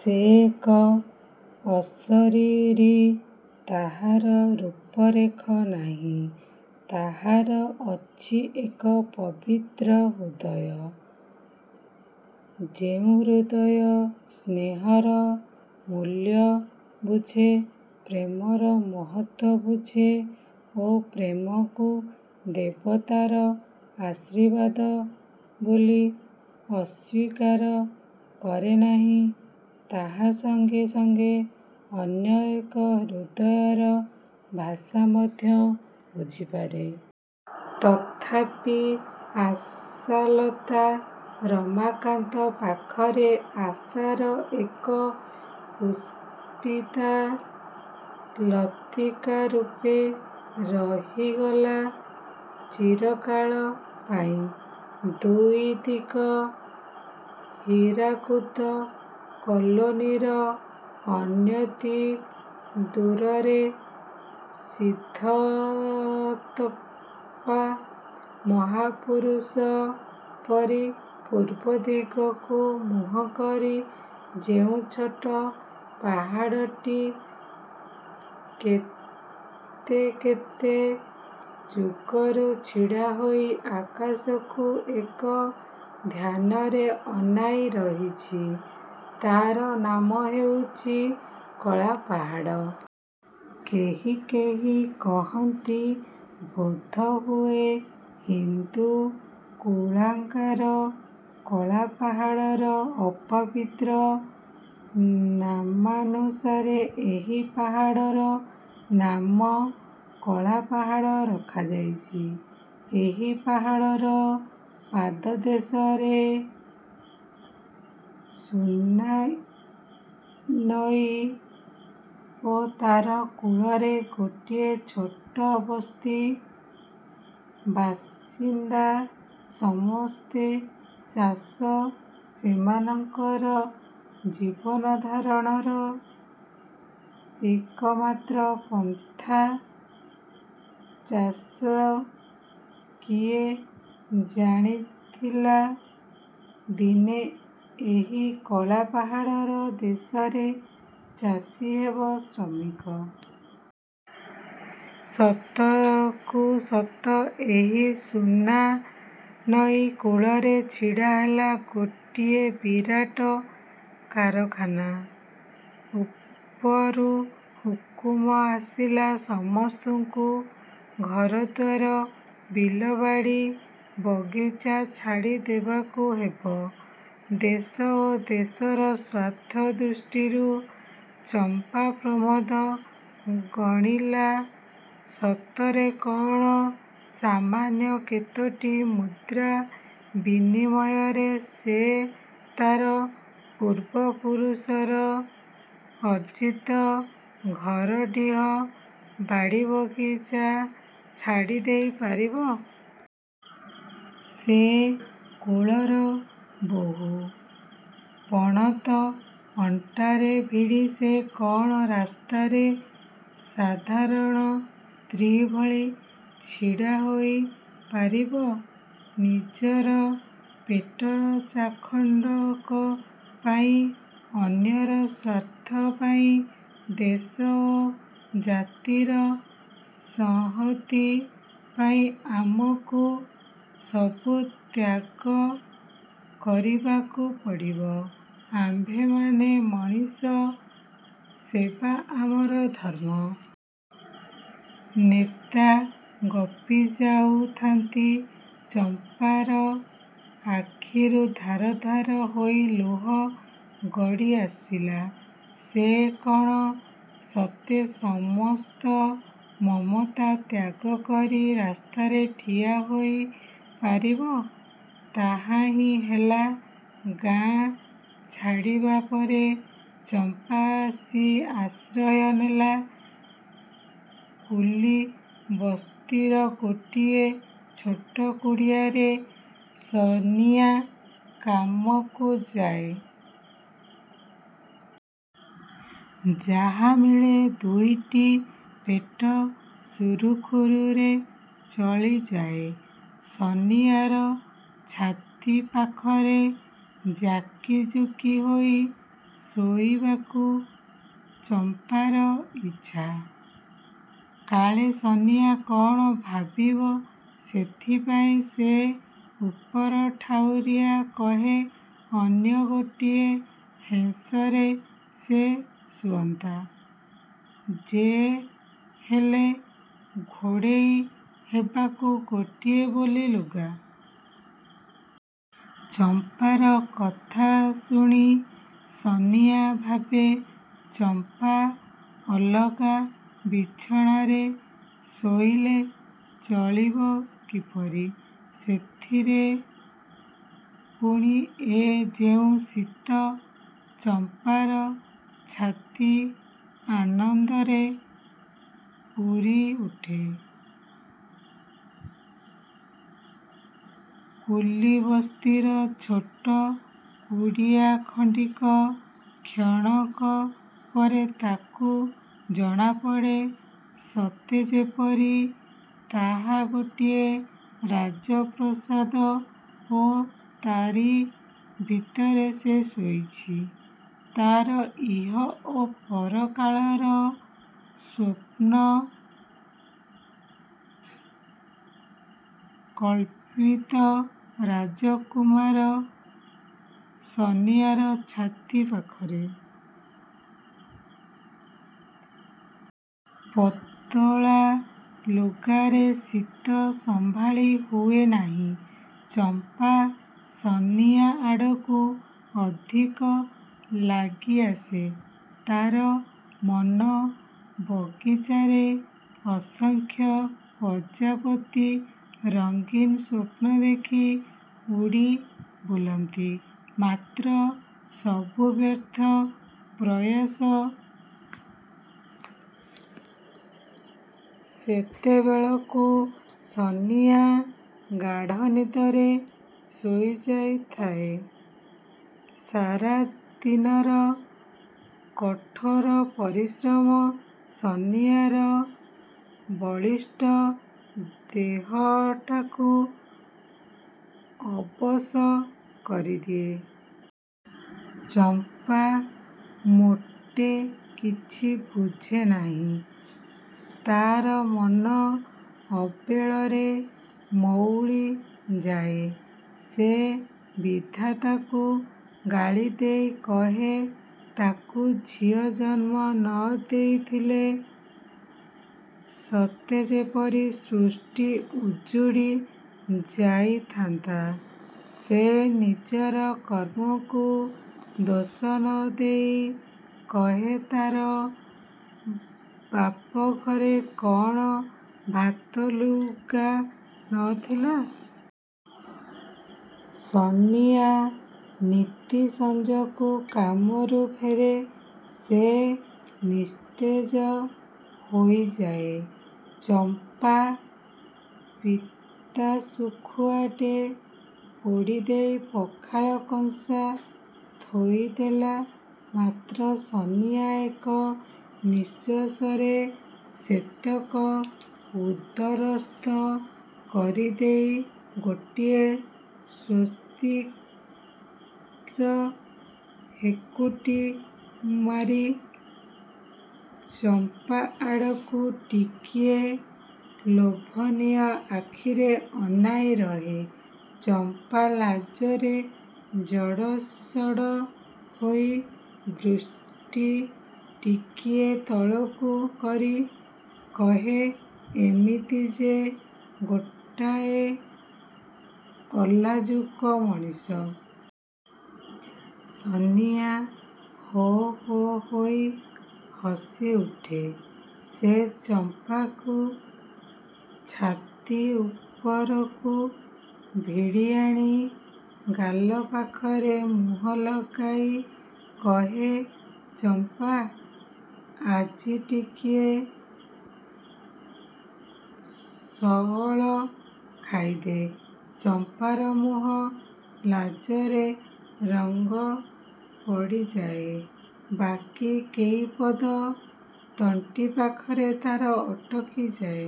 ସେ ଏକ ଅଶରୀରୀ। ତାହାର ରୂପରେଖ ନାହିଁ। ତାହାର ଅଛି ଏକ ପବିତ୍ର ହୃଦୟ, ଯେଉଁ ହୃଦୟ ସ୍ନେହର ମୂଲ୍ୟ ବୁଝେ, ପ୍ରେମର ମହତ୍ତ୍ଵ ବୁଝେ ଓ ପ୍ରେମକୁ ଦେବତାର ଆଶୀର୍ବାଦ ବୋଲି ଅସ୍ୱୀକାର କରେନାହିଁ। ତାହା ସଙ୍ଗେ ସଙ୍ଗେ ଅନ୍ୟଏକ ହୃଦୟର ଭାଷା ମଧ୍ୟ ବୁଝିପାରେ। ତଥାପି ଆଶାଲତା ରମାକାନ୍ତ ପାଖରେ ଆଶାର ଏକ। ପୁଷ୍ପିତା ଲତିକାରୂପେ ରହିଗଲା ଚିରକାଳ ପାଇଁ। ଦୁଇ ଦିଗ ହୀରାକୁଦ କଲୋନିର ଅନତିଦୂରରେ ସିଦ୍ଧତପା ମହାପୁରୁଷ ପରି ପୂର୍ବଦିଗକୁ ମୁହଁକରି ଯେଉଁ ଛୋଟ ପାହାଡ଼ଟି କେତେକେତେ ଯୁଗରୁ ଛିଡ଼ାହୋଇ ଆକାଶକୁ ଏକ ଧ୍ୟାନରେ ଅନାଇ ରହିଛି ତା'ର ନାମ ହେଉଛି 'କଳାପାହାଡ଼'। କେହି କେହି କହନ୍ତି ବୋଧହୁଏ ହିନ୍ଦୁ କୁଳାଙ୍ଗାର କଳାପାହାଡ଼ର ଅପବିତ୍ର ନାମାନୁସାରେ ଏହି ପାହାଡ଼ର ନାମ କଳାପାହାଡ଼ ରଖାଯାଇଛି। ଏହି ପାହାଡ଼ର ପାଦଦେଶରେ ସୁନାନଈ ଓ ତା'ର କୂଳରେ ଗୋଟିଏ ଛୋଟ ବସ୍ତି। ବାସିନ୍ଦା ସମସ୍ତେ ଚାଷୀ। ସେମାନଙ୍କର ଜୀବନଧାରଣର ଏକମାତ୍ର ପନ୍ଥା ଚାଷ। କିଏ ଜାଣିଥିଲା ଦିନେ ଏହି କଳାପାହାଡ଼ର ଦେଶରେ ଚାଷୀ ହେବ ଶ୍ରମିକ? ସତକୁ ସତ ଏହି ସୁନାନଈ କୂଳରେ ଛିଡ଼ାହେଲା ଗୋଟାଏ ବିରାଟ କାରଖାନା। ଉପରୁ ହୁକୁମ ଆସିଲା ସମସ୍ତଙ୍କୁ ଘରଦ୍ୱାର, ବିଲବାଡ଼ି, ବଗିଚା ଛାଡ଼ି ଦେବାକୁ ହେବ ଦେଶ ଓ ଦେଶର ସ୍ୱାର୍ଥ ଦୃଷ୍ଟିରୁ। ଚମ୍ପା ପ୍ରମାଦ ଗଣିଲା। ସତରେ କ'ଣ ସାମାନ୍ୟ କେତୋଟି ମୁଦ୍ରା ବିନିମୟରେ ସେ ତା'ର ପୂର୍ବପୁରୁଷର ଅର୍ଜିତ ଘରଡିହ, ବାଡ଼ିବଗିଚା ଛାଡ଼ିଦେଇ ପାରିବ? ସେ କୁଳର ବୋହୂ। ପଣତ ଅଣ୍ଟାରେ ଭିଡ଼ି ସେ କ'ଣ ରାସ୍ତାରେ ସାଧାରଣ ସ୍ତ୍ରୀ ଭଳି ଛିଡ଼ାହୋଇପାରିବ ନିଜର ପେଟ ଚାଖଣ୍ଡକ ପାଇଁ? ''ଅନ୍ୟର ସ୍ୱାର୍ଥ ପାଇଁ, ଦେଶ ଓ ଜାତିର ସଂହତି ପାଇଁ ଆମକୁ ସବୁ ତ୍ୟାଗ କରିବାକୁ ପଡ଼ିବ। ଆମ୍ଭେମାନେ ମଣିଷ। ସେବା ଆମର ଧର୍ମ। '' ନେତା ଗପିଯାଉଥାନ୍ତି। ଚମ୍ପାର ଆଖିରୁ ଧାର ଧାର ହୋଇ ଲୁହ ଗଡ଼ିଆସିଲା। ସେ କ'ଣ ସତେ ସମସ୍ତ ମମତା ତ୍ୟାଗକରି ରାସ୍ତାରେ ଠିଆ ହୋଇପାରିବ? ତାହାହିଁ ହେଲା। ଗାଁ ଛାଡ଼ିବାପରେ ଚମ୍ପା ଆସି ଆଶ୍ରୟ ନେଲା କୁଲିବସ୍ତିର ଗୋଟିଏ ଛୋଟ କୁଡ଼ିଆରେ। ସନିଆ କାମକୁ ଯାଏ। ଯାହା ମିଳେ ଦୁଇଟି ପେଟ ସୁରୁଖୁରୁରେ ଚଳିଯାଏ। ସନିଆର ଛାତି ପାଖରେ ଯାକିଯୁକି ହୋଇ ଶୋଇବାକୁ ଚମ୍ପାର ଇଚ୍ଛା। କାଳେ ସନିଆ କ'ଣ ଭାବିବ ସେଥିପାଇଁ ସେ ଉପରଠାଉରିଆ କହେ, ''ଅନ୍ୟ ଗୋଟିଏ ହେଁସରେ ସେ ଶୁଅନ୍ତା ଯେ ହେଲେ ଘୋଡ଼େଇ ହେବାକୁ ଗୋଟିଏ ବୋଲି ଲୁଗା। '' ଚମ୍ପାର କଥା ଶୁଣି ସନିଆ ଭାବେ ଚମ୍ପା ଅଲଗା ବିଛଣାରେ ଶୋଇଲେ ଚଳିବ କିପରି-? ସେଥିରେ ପୁଣି ଏ ଯେଉଁ ଶୀତ। ଚମ୍ପାର ଛାତି ଆନନ୍ଦରେ ପୂରିଉଠେ। କୁଲିବସ୍ତିର ଛୋଟ କୁଡ଼ିଆଖଣ୍ଡିକ କ୍ଷଣକପରେ ତାକୁ ଜଣାପଡ଼େ ସତେଯେପରି ତାହା ଗୋଟାଏ ରାଜପ୍ରାସାଦ ଓ ତାରି ଭିତରେ ସେ ଶୋଇଛି ତା'ର ଇହ ଓ ପରକାଳର ସ୍ୱପ୍ନକଳ୍ପିତ ରାଜକୁମାର ସନିଆର ଛାତି ପାଖରେ। ପତଳା ଲୁଗାରେ ଶୀତ ସମ୍ଭାଳି ହୁଏ ନାହିଁ। ଚମ୍ପା ସନିଆ ଆଡ଼କୁ ଅଧିକ ଲାଗିଆସେ। ତା'ର ମନ ବଗିଚାରେ ଅସଂଖ୍ୟ ପ୍ରଜାପତି ରଙ୍ଗିନ୍ ସ୍ୱପ୍ନଦେଖି ଉଡ଼ିବୁଲନ୍ତି। ମାତ୍ର ସବୁ ବ୍ୟର୍ଥ ପ୍ରୟାସ। ସେତେବେଳକୁ ସନିଆ ଗାଢ଼ନିଦରେ ଶୋଇଯାଇଥାଏ। ସାରାଦିନର କଠୋର ପରିଶ୍ରମ ସନିଆର ବଳିଷ୍ଠ ଦେହଟାକୁ ଅବଶ କରିଦିଏ। ଚମ୍ପା ମୋଟେ କିଛି ବୁଝେ ନାହିଁ। ତା'ର ମନ ଅବେଳରେ ମଉଳିଯାଏ। ସେ ବିଧାତାକୁ ଗାଳିଦେଇ କହେ ତାକୁ ଝିଅ ଜନ୍ମ ନ ଦେଇଥିଲେ ସତେଯେପରି ସୃଷ୍ଟି ଉଜୁଡ଼ି ଯାଇଥାନ୍ତା। ସେ ନିଜର କର୍ମକୁ ଦୋଷ ନ ଦେଇ କହେ ତା'ର ବାପଘରେ କ'ଣ ଭାତଲୁଗା ନ ଥିଲା? ସନିଆ ନିତି ସଞ୍ଜକୁ କାମରୁ ଫେରେ। ସେ ନିସ୍ତେଜ ହୋଇଯାଏ। ଚମ୍ପା ପିତାଶୁଖୁଆଟେ ପୋଡ଼ିଦେଇ ପଖାଳ କଂସା ଥୋଇଦେଲା ମାତ୍ରେ ସନିଆ ଏକ ନିଶ୍ୱାସରେ ସେତକ ଉଦରସ୍ଥ କରିଦେଇ ଗୋଟିଏ ସ୍ୱସ୍ତିର ହେକୁଟି ମାରି ଚମ୍ପା ଆଡ଼କୁ ଟିକିଏ ଲୋଭନୀୟ ଆଖିରେ ଅନାଇ ରହେ। ଚମ୍ପା ଲାଜରେ ଜଡ଼ ସଡ଼ ହୋଇ ଦୃଷ୍ଟି ଟିକିଏ ତଳକୁ କରି କହେ ''କିମିତି ଯେ ଗୋଟାଏ ଅଲାଜୁକ ମଣିଷ। '' ସନିଆ ହୋହୋ ହୋଇ ହସିଉଠେ। ସେ ଚମ୍ପାକୁ ଛାତି ଉପରକୁ ଭିଡ଼ିଆଣି ଗାଲପାଖରେ ମୁହଁ ଲଗାଇ କହେ ''ଚମ୍ପା ଆଜି ଟିକିଏ ସଅଳ ଖାଇଦେ। '' ଚମ୍ପାର ମୁହଁ ଲାଜରେ ରଙ୍ଗ ପଡ଼ି ଯାଏ। '' ବାକି କେଇପଦ ତଣ୍ଟିପାଖରେ ତା'ର ଅଟକି ଯାଏ।